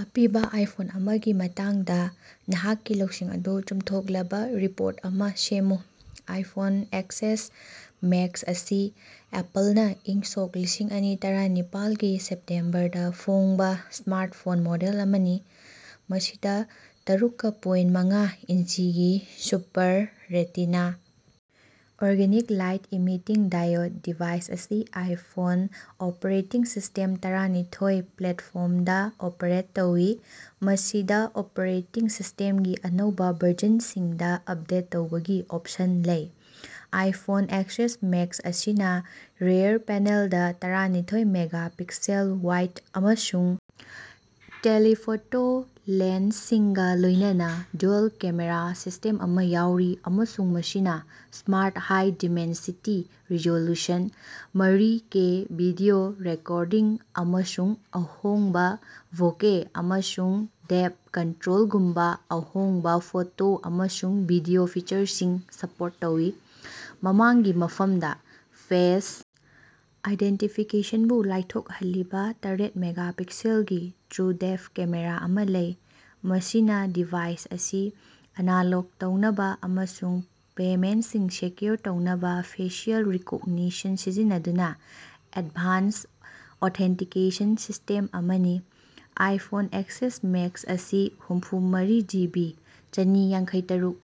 ꯑꯄꯤꯕꯥ ꯑꯥꯏꯐꯣꯟ ꯑꯃꯒꯤ ꯃꯇꯥꯡꯗꯥ ꯅꯍꯥꯛꯀꯤ ꯂꯧꯁꯤꯡ ꯑꯗꯨ ꯆꯨꯝꯊꯣꯛꯂꯕꯥ ꯔꯤꯄꯣꯔꯠ ꯑꯃꯥ ꯁꯦꯝꯃꯨ꯫ ꯑꯥꯏꯐꯣꯟ ꯑꯦꯛꯁꯑꯦꯁ ꯃꯦꯛꯁ ꯑꯁꯤ ꯑꯦꯄꯜꯅꯥ ꯏꯪ ꯁꯣꯛ ꯂꯤꯁꯤꯡ ꯑꯅꯤ ꯇꯔꯥꯅꯤꯄꯥꯜꯒꯤ ꯁꯦꯞꯇꯦꯝꯕꯔꯗꯥ ꯐꯣꯡꯕꯥ ꯁ꯭ꯃꯥꯔꯠꯐꯣꯟ ꯃꯣꯗꯦꯜ ꯑꯃꯅꯤ, ꯃꯁꯤꯗꯥ ꯇꯔꯨꯛꯀꯥ ꯄꯣꯏꯟꯠ ꯃꯉꯥ ꯏꯟꯆꯤꯒꯤ super retina organic light emitting diode device ꯑꯁꯤ ꯑꯥꯏꯐꯣꯟ ꯑꯣꯄꯦꯔꯦꯇꯤꯡ ꯁꯤꯁꯇꯦꯝ ꯇꯔꯥꯅꯤꯊꯣꯏ ꯄ꯭ꯂꯦꯠꯐꯣꯝꯗꯥ ꯑꯣꯄꯔꯦꯠ ꯇꯧꯏ, ꯃꯁꯤꯗꯥ ꯑꯣꯄꯔꯦꯇꯤꯡ ꯁꯤꯁ꯭ꯇꯦꯝꯒꯤ ꯑꯅꯧꯕꯥ ꯚꯔꯖꯟꯁꯤꯡꯗꯥ ꯑꯞꯗꯦꯠ ꯇꯧꯕꯒꯤ ꯑꯣꯞꯁꯟ ꯂꯩ꯫ ꯑꯥꯏꯐꯣꯟ ꯑꯦꯛꯁꯑꯦꯁ ꯃꯦꯛꯁ ꯑꯁꯤꯅꯥ ꯔꯤꯑꯦꯔ ꯄꯦꯅꯦꯜꯗꯥ ꯇꯔꯥꯅꯤꯊꯣꯏ ꯃꯦꯒꯥ ꯄꯤꯛꯁꯦꯜ ꯋꯥꯏꯗ ꯑꯃꯁꯨꯡ ꯇꯦꯂꯤꯐꯣꯇꯣ ꯂꯦꯟꯁꯁꯤꯡꯒꯥ ꯂꯣꯏꯅꯅꯥ ꯗ꯭ꯌꯨꯑꯦꯜ-ꯀꯦꯃꯦꯔꯥ ꯁꯤꯁ꯭ꯇꯦꯝ ꯑꯃꯥ ꯌꯥꯎꯔꯤ ꯑꯃꯁꯨꯡ ꯃꯁꯤꯅꯥ ꯁ꯭ꯃꯥꯔꯠ ꯍꯥꯏ ꯗꯤꯃꯦꯟꯁꯤꯇꯤ ꯔꯤꯖꯣꯂꯨꯁꯟ, ꯃꯔꯤ ꯀꯦ ꯚꯤꯗꯤꯑꯣ ꯔꯦꯀꯣꯔꯗꯤꯡ ꯑꯃꯁꯨꯡ ꯑꯍꯣꯡꯕꯥ ꯕꯣꯀꯦ ꯑꯃꯁꯨꯡ ꯗꯦꯞ ꯀꯟꯇ꯭ꯔꯣꯜꯒꯨꯝꯕꯥ ꯑꯍꯣꯡꯕꯥ ꯐꯣꯇꯣ ꯑꯃꯁꯨꯡ ꯚꯤꯗꯤꯑꯣ ꯐꯤꯆꯔꯁꯤꯡ ꯁꯥꯄꯣꯔꯠ ꯇꯧꯏ꯫ ꯃꯃꯥꯡꯒꯤ ꯃꯐꯝꯗꯥ, ꯐꯦꯁ ꯑꯥꯏꯗꯦꯟꯇꯤꯐꯤꯀꯦꯁꯟꯕꯨ ꯂꯥꯏꯊꯣꯛꯍꯜꯂꯤꯕꯥ ꯇꯥꯔꯦꯠ ꯃꯦꯒꯥ ꯄꯤꯛꯁꯦꯜꯒꯤ ꯇ꯭ꯔꯨꯗꯦꯞ ꯀꯦꯃꯦꯔꯥ ꯑꯃꯥ ꯂꯩ ꯃꯁꯤꯅꯥ ꯗꯤꯚꯥꯏꯁ ꯑꯁꯤ ꯑꯅꯥꯂꯣꯛ ꯇꯧꯅꯕꯥ ꯑꯃꯁꯨꯡ ꯄꯦꯃꯦꯟꯁꯤꯡ ꯁꯦꯀ꯭ꯌꯨꯔ ꯇꯧꯅꯕꯥ ꯐꯦꯁꯤꯑꯦꯜ ꯔꯤꯀꯣꯛꯅꯤꯁꯟ ꯁꯤꯖꯤꯟꯅꯗꯨꯅꯥ ꯑꯦꯠꯚꯥꯟꯁ ꯑꯣꯊꯦꯟꯇꯤꯀꯦꯁꯟ ꯁꯤꯁꯇꯦꯝ ꯑꯃꯅꯤ꯫ ꯑꯥꯏꯐꯣꯟ ꯑꯦꯛꯁꯑꯦꯁ ꯃꯦꯛꯁ ꯑꯁꯤ ꯍꯨꯝꯐꯨꯃꯔꯤ ꯖꯤꯕꯤ, ꯆꯥꯅꯤ ꯌꯥꯡꯈꯩꯇꯥꯔꯨꯛ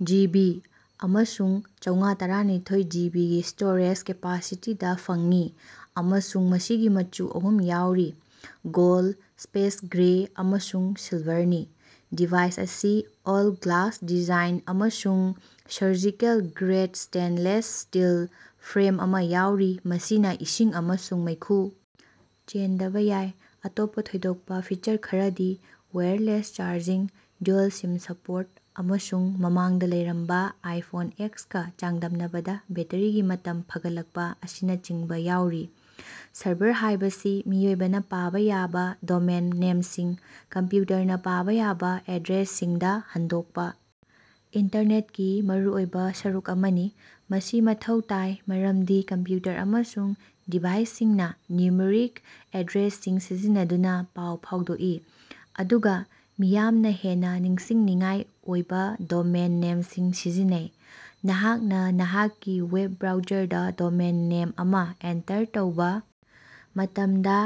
ꯖꯤꯕꯤ ꯑꯃꯁꯨꯡ ꯆꯧꯉꯥ ꯇꯔꯥꯅꯤꯊꯣꯏ ꯖꯤꯕꯤꯒꯤ ꯁ꯭ꯇꯣꯔꯦꯖ ꯀꯦꯄꯥꯁꯤꯇꯤꯗꯥ ꯐꯪꯏ ꯑꯃꯁꯨꯡ ꯃꯁꯤꯒꯤ ꯃꯆꯨ ꯑꯍꯨꯝ ꯌꯥꯎꯔꯤ: ꯒꯣꯜꯗ, ꯁ꯭ꯄꯦꯁ ꯒ꯭ꯔꯦ ꯑꯃꯁꯨꯡ ꯁꯤꯜꯚꯥꯔꯅꯤ꯫ ꯗꯤꯚꯥꯏꯁ ꯑꯁꯤꯅꯥ ꯑꯣꯜ-ꯒ꯭ꯂꯥꯁ ꯗꯤꯖꯥꯏꯟ ꯑꯃꯁꯨꯡ ꯁꯔꯖꯤꯀꯦꯜ-ꯒ꯭ꯔꯦꯠ ꯁ꯭ꯇꯦꯟꯂꯦꯁ ꯁ꯭ꯇꯤꯜ ꯐ꯭ꯔꯦꯝ ꯑꯃꯥ ꯌꯥꯎꯔꯤ, ꯃꯁꯤꯅꯥ ꯏꯁꯤꯡ ꯑꯃꯁꯨꯡ ꯃꯩꯈꯨ ꯆꯦꯟꯗꯕꯥ ꯌꯥꯏ꯫ ꯑꯇꯣꯞꯄꯥ ꯊꯣꯏꯗꯣꯛꯄꯥ ꯐꯤꯆꯔ ꯈꯔꯗꯤ ꯋꯥꯏꯌꯔꯂꯦꯁ ꯆꯥꯔꯖꯤꯡ, ꯗ꯭ꯌꯨꯑꯦꯜ-ꯁꯤꯝ ꯁꯄꯣꯠ ꯑꯃꯁꯨꯡ ꯃꯃꯥꯡꯗꯥ ꯂꯩꯔꯝꯕꯥ ꯑꯥꯏꯐꯣꯟ ꯑꯦꯛꯁꯀꯥ ꯆꯥꯡꯗꯝꯅꯕꯗꯥ ꯕꯦꯠꯇꯔꯤꯒꯤ ꯃꯇꯝ ꯐꯒꯠꯂꯛꯄꯥ ꯑꯁꯤꯅꯆꯤꯡꯕꯥ ꯌꯥꯎꯔꯤ꯫ ꯁꯔꯚꯔ ꯍꯥꯏꯕꯁꯤ ꯃꯤꯑꯣꯏꯕꯅꯥ ꯄꯥꯕꯥ ꯌꯥꯕꯥ ꯗꯣꯃꯦꯟ ꯅꯦꯝꯁꯤꯡ, ꯀꯝꯄ꯭ꯌꯨꯇꯔꯅꯥ ꯄꯥꯕꯥ ꯌꯥꯕꯥ ꯑꯦꯗ꯭ꯔꯦꯁꯁꯤꯡꯗꯥ ꯍꯟꯗꯣꯛꯄꯥ ꯏꯟꯇꯔꯅꯦꯠꯀꯤ ꯃꯔꯨꯑꯣꯏꯕꯥ ꯁꯔꯨꯛ ꯑꯃꯅꯤ꯫ ꯃꯁꯤ ꯃꯊꯧ ꯇꯥꯏ ꯃꯔꯝꯗꯤ ꯀꯝꯄ꯭ꯌꯨꯇꯔ ꯑꯃꯁꯨꯡ ꯗꯤꯚꯥꯏꯁꯁꯤꯡꯅꯥ ꯅ꯭ꯌꯨꯃꯔꯤꯛ ꯑꯦꯗ꯭ꯔꯦꯁꯁꯤꯡ ꯁꯤꯖꯤꯟꯅꯗꯨꯅꯥ ꯄꯥꯎ ꯐꯥꯎꯗꯣꯛꯏ, ꯑꯗꯨꯒꯥ ꯃꯤꯌꯥꯝꯅꯥ ꯍꯦꯟꯅꯥ ꯅꯤꯡꯁꯤꯡꯅꯤꯡꯉꯥꯏ ꯑꯣꯏꯕꯥ ꯗꯣꯃꯦꯟ ꯅꯦꯝꯁꯤꯡ ꯁꯤꯖꯤꯟꯅꯩ꯫ ꯅꯍꯥꯛꯅꯥ ꯅꯍꯥꯛꯀꯤ ꯋꯦꯞ ꯕ꯭ꯔꯥꯎꯖꯔꯗꯥ ꯗꯣꯃꯦꯟ ꯅꯦꯝ ꯑꯃꯥ ꯑꯦꯟꯇꯔ ꯇꯧꯕꯥ ꯃꯇꯝꯗꯥ,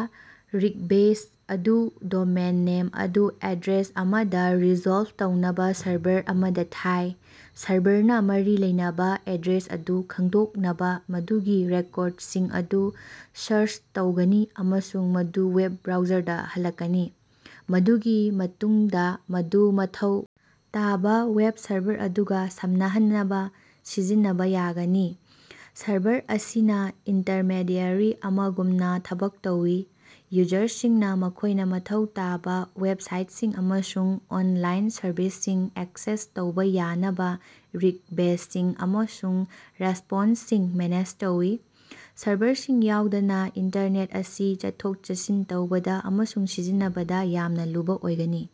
ꯔꯤꯛꯕꯦꯁ ꯑꯗꯨ ꯗꯣꯃꯦꯟ ꯅꯦꯝ ꯑꯗꯨ ꯑꯦꯗ꯭ꯔꯦꯁ ꯑꯃꯗꯥ ꯔꯤꯖꯣꯜꯕ ꯇꯧꯅꯕꯥ ꯁꯔꯚꯔ ꯑꯃꯗꯥ ꯊꯥꯏ꯫ ꯁꯔꯚꯔꯅꯥ ꯃꯔꯤ ꯂꯩꯅꯕꯥ ꯑꯦꯗ꯭ꯔꯦꯁ ꯑꯗꯨ ꯈꯪꯗꯣꯛꯅꯕꯥ ꯃꯗꯨꯒꯤ ꯔꯦꯀꯣꯔꯗꯁꯤꯡ ꯑꯗꯨ ꯁꯥꯔꯆ ꯇꯧꯒꯅꯤ ꯑꯃꯁꯨꯡ ꯃꯗꯨ ꯋꯦꯕ ꯕ꯭ꯔꯥꯎꯖꯔꯗꯥ ꯍꯜꯂꯛꯀꯅꯤ, ꯃꯗꯨꯒꯤ ꯃꯇꯨꯡꯗꯥ ꯃꯗꯨ ꯃꯊꯧ ꯇꯥꯕꯥ ꯋꯦꯕ ꯁꯔꯚꯔ ꯑꯗꯨꯒꯥ ꯁꯝꯅꯍꯟꯅꯕꯥ ꯁꯤꯖꯤꯟꯅꯕꯥ ꯌꯥꯒꯅꯤ꯫ ꯁꯔꯚꯔ ꯑꯁꯤꯅꯥ ꯏꯟꯇꯔꯃꯦꯗꯤꯑꯦꯔꯤ ꯑꯃꯒꯨꯝꯅꯥ ꯊꯕꯛ ꯇꯧꯏ, ꯌꯨꯖꯔꯁꯤꯡꯅꯥ ꯃꯈꯣꯏꯅꯥ ꯃꯊꯧ ꯇꯥꯕꯥ ꯋꯦꯞꯁꯥꯏꯠꯁꯤꯡ ꯑꯃꯁꯨꯡ ꯑꯣꯟꯂꯥꯏꯟ ꯁꯔꯚꯤꯁꯁꯤꯡ ꯑꯦꯛꯁꯦꯁ ꯇꯧꯕꯥ ꯌꯥꯅꯕꯥ ꯔꯤꯛꯕꯦꯁꯁꯤꯡ ꯑꯃꯁꯨꯡ ꯔꯦꯁꯄꯣꯟꯁꯁꯤꯡ ꯃꯦꯅꯦꯖ ꯇꯧꯏ꯫ ꯁꯔꯚꯔꯁꯤꯡ ꯌꯥꯎꯗꯅꯥ ꯏꯟꯇꯔꯅꯦꯠ ꯑꯁꯤ ꯆꯠꯊꯣꯛ-ꯆꯠꯁꯤꯟ ꯇꯧꯕꯗꯥ ꯑꯃꯁꯨꯡ ꯁꯤꯖꯤꯟꯅꯕꯗꯥ ꯌꯥꯝꯅꯥ ꯂꯨꯕꯥ ꯑꯣꯏꯒꯅꯤ꯫